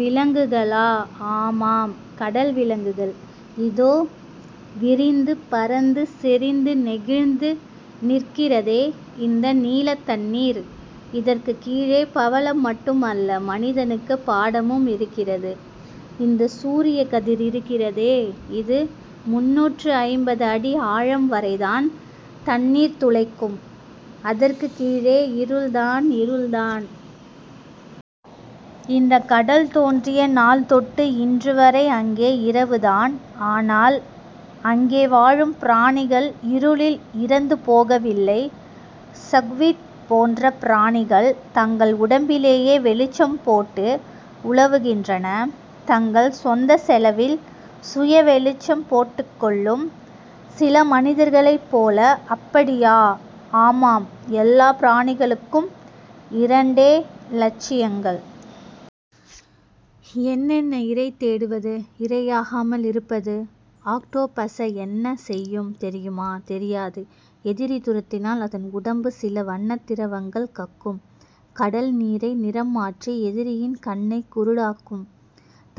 விலங்குகளா? ஆமாம். கடல் விலங்குகள். இதோ, விரிந்து பரந்து செறிந்து நெகிழ்ந்து நிற்கிறதே இந்த நீலத்தண்ணீர்... இதற்குக் கீழே பவளம் மட்டுமல்ல. மனிதனுக்குப் பாடமும் இருக்கிறது. இந்தச் சூரியக்கதிர் இருக்கிறதே, இது முந்நூற்று ஐம்பது அடி ஆழம் வரைதான் தண்ணீர்துளைக்கும். அதற்குக் கீழே இருள்தான். இருள்தான். இந்தக் கடல் தோன்றிய நாள்தொட்டு இன்றுவரை அங்கே இரவுதான். ஆனால், அங்கே வாழும் பிராணிகள் இருளில் இறந்து போகவில்லை. ஸகுவிட்போன்ற பிராணிகள், தங்கள் உடம்பிலேயே வெளிச்சம் போட்டு உலவுகின்றன தங்கள் சொந்தச் செலவில் சுயவெளிச்சம் போட்டுக்கொள்ளும் சில மனிதர்களைப்போல. அப்படியா? ஆமாம். எல்லாப் பிராணிகளுக்கும் இரண்டே லட்சியங்கள். என்னென்ன? இரை தேடுவது. இரையாகாமல் இருப்பது. ஆக்டோ பஸ என்ன செய்யும் தெரியுமா? தெரியாது. எதிரி துரத்தினால் அதன் உடம்பு சில வண்ணத் திரவங்கள் கக்கும். கடல் நீரை நிறம்மாற்றி எதிரியின் கண்ணைக் குருடாக்கும்.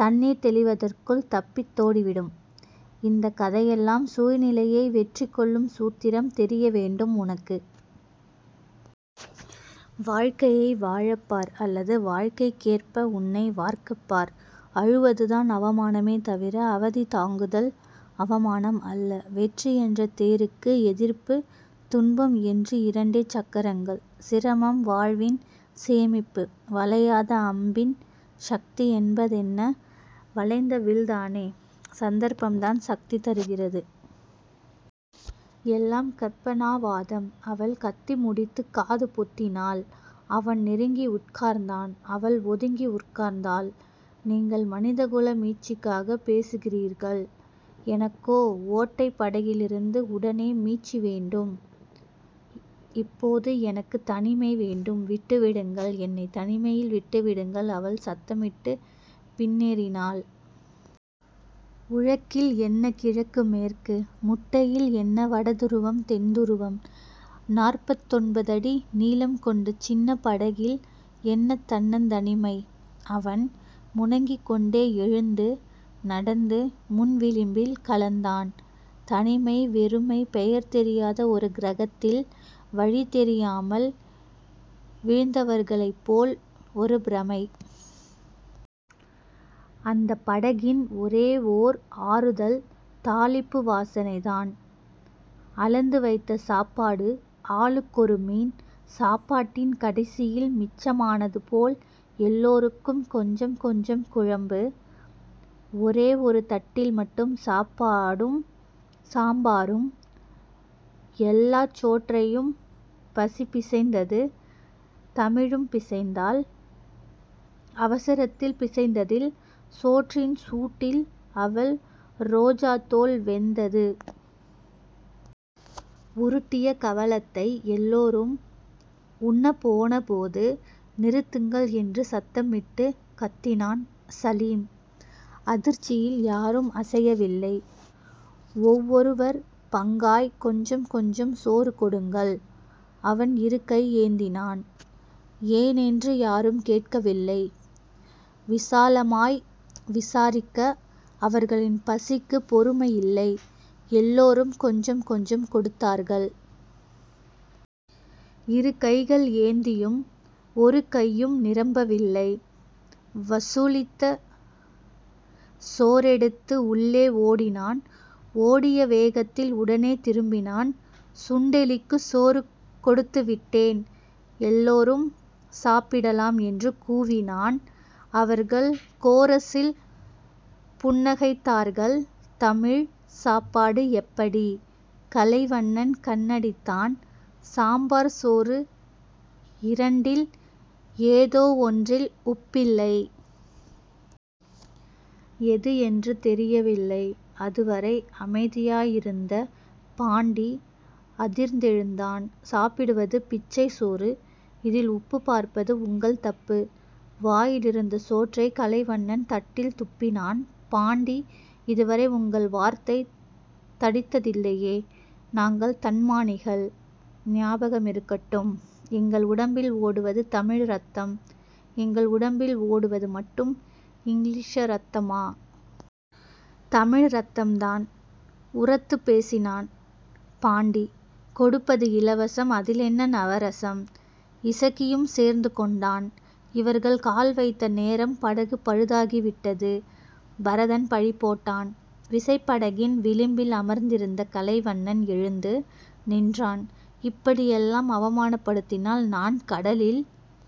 தண்ணீர் தெளிவதற்குள் தப்பித்தோடிவிடும். இந்தக் கதையெல்லாம் சூழ்நிலையை வெற்றி கொள்ளும் சூத்திரம் தெரிய வேண்டும் உனக்கு. வாழ்க்கையை வாழப்பார். அல்லது வாழ்க்கைக்கேற்ப உன்னை வார்க்கப்பார். அழுவதுதான் அவமானமே தவிர அவதி தாங்குதல் அவமானம் அல்ல. வெற்றி என்ற தேருக்கு எதிர்ப்பு, துன்பம் என்று இரண்டே சக்கரங்கள். சிரமம் வாழ்வின் சேமிப்பு. வளையாத அம்பின் சக்தி என்பதென்ன? வளைந்த வில்தானே. சந்தர்ப்பம்தான் சக்தி தருகிறது. எல்லாம் கற்பனாவாதம். அவள் கத்திமுடித்துக் காது பொத்தினாள். அவன் நெருங்கி உட்கார்ந்தான். அவள் ஒதுங்கி உட்கார்ந்தாள். நீங்கள் மனிதகுல மீட்சிக்காகப் பேசுகிறீர்கள். எனக்கோ ஓட்டைப் படகிலிருந்து உடனே மீட்சி வேண்டும். இப்போது எனக்குத் தனிமை வேண்டும். விட்டுவிடுங்கள். என்னைத் தனிமையில் விட்டுவிடுங்கள். அவள் சத்தமிட்டுப் பின்னேறினாள். உழக்கில் என்ன கிழக்கு மேற்கு? முட்டையில் என்ன வட துருவம் தென் துருவம்? நாற்பத்தொன்பதடி நீளம் கொண்ட சின்னப் படகில் என்ன தன்னந்தனிமை? அவன் முனகிக்கொண்டே எழுந்து நடந்து முன்விளிம்பில் கலந்தான். தனிமை. வெறுமை. பெயர் தெரியாத ஒரு கிரகத்தில் வழிதெரியாமல் விழுந்தவர்களைப்போல் ஒரு பிரமை. அந்தப் படகின் ஒரே ஓர் ஆறுதல் தாளிப்பு வாசனைதான். அளந்து வைத்த சாப்பாடு. ஆளுக்கொரு மீன். சாப்பாட்டின் கடைசியில் மிச்சமானது போல் எல்லோருக்கும் கொஞ்சம் கொஞ்சம் குழம்பு. ஒரே ஒரு தட்டில் மட்டும் சாப்பாடும் சாம்பாரும். எல்லாச் சோற்றையும் பசிபிசைந்தது. தமிழும் பிசைந்தாள். அவசரத்தில் பிசைந்ததில் சோற்றின் சூட்டில் அவள் ரோஜாத்தோல் வெந்தது. உருட்டிய கவளத்தை எல்லோரும் உண்ணப்போனபோது நிறுத்துங்கள் என்று சத்தமிட்டுக் கத்தினான் சலீம். அதிர்ச்சியில் யாரும் அசையவில்லை. ஒவ்வொருவர் பங்காய்க் கொஞ்சம் கொஞ்சம் சோறு கொடுங்கள். அவன் இரு கை ஏந்தினான். ஏனென்று யாரும் கேட்கவில்லை. விசாலமாய் விசாரிக்க அவர்களின் பசிக்குப் பொறுமை இல்லை. எல்லோரும் கொஞ்சம் கொஞ்சம் கொடுத்தார்கள். இரு கைகள் ஏந்தியும் ஒரு। கையும் நிரம்பவில்லை. வசூலித்த சோறெடுத்து உள்ளே ஓடினான். ஓடிய வேகத்தில் உடனே திரும்பினான். சுண்டெலிக்குச் சோறு கொடுத்துவிட்டேன். எல்லோரும் சாப்பிடலாம் என்று கூவினான். அவர்கள் கோரஸில் புன்னகைத்தார்கள். தமிழ். சாப்பாடு எப்படி? கலைவண்ணன் கண்ணடித்தான். சாம்பார் சோறு இரண்டில் ஏதோ ஒன்றில் உப்பில்லை. எது என்று தெரியவில்லை. அதுவரை அமைதியாயிருந்த பாண்டி அதிர்ந்தெழுந்தான். சாப்பிடுவது பிச்சைச் சோறு. இதில் உப்புப் பார்ப்பது உங்கள் தப்பு. வாயிலிருந்த சோற்றைக் கலைவண்ணன் தட்டில் துப்பினான். பாண்டி. இதுவரை உங்கள் வார்த்தை தடித்ததில்லையே. நாங்கள் தன்மானிகள். ஞாபகமிருக்கட்டும். எங்கள் உடம்பில் ஓடுவது தமிழ்ரத்தம். எங்கள் உடம்பில் ஓடுவது மட்டும் இங்கிலீஷ ரத்தமா? தமிழ்ரத்தம்தான். உரத்துப்பேசினான் பாண்டி. கொடுப்பது இலவசம். அதிலென்ன நவரசம்? இசக்கியும் சேர்ந்து கொண்டான். இவர்கள் கால்வைத்த நேரம் படகு பழுதாகிவிட்டது. பரதன் பழிபோட்டான். விசைப்படகின் விளிம்பில் அமர்ந்திருந்த கலைவண்ணன் எழுந்து நின்றான். இப்படியெல்லாம் அவமானப்படுத்தினால் நான் கடலில்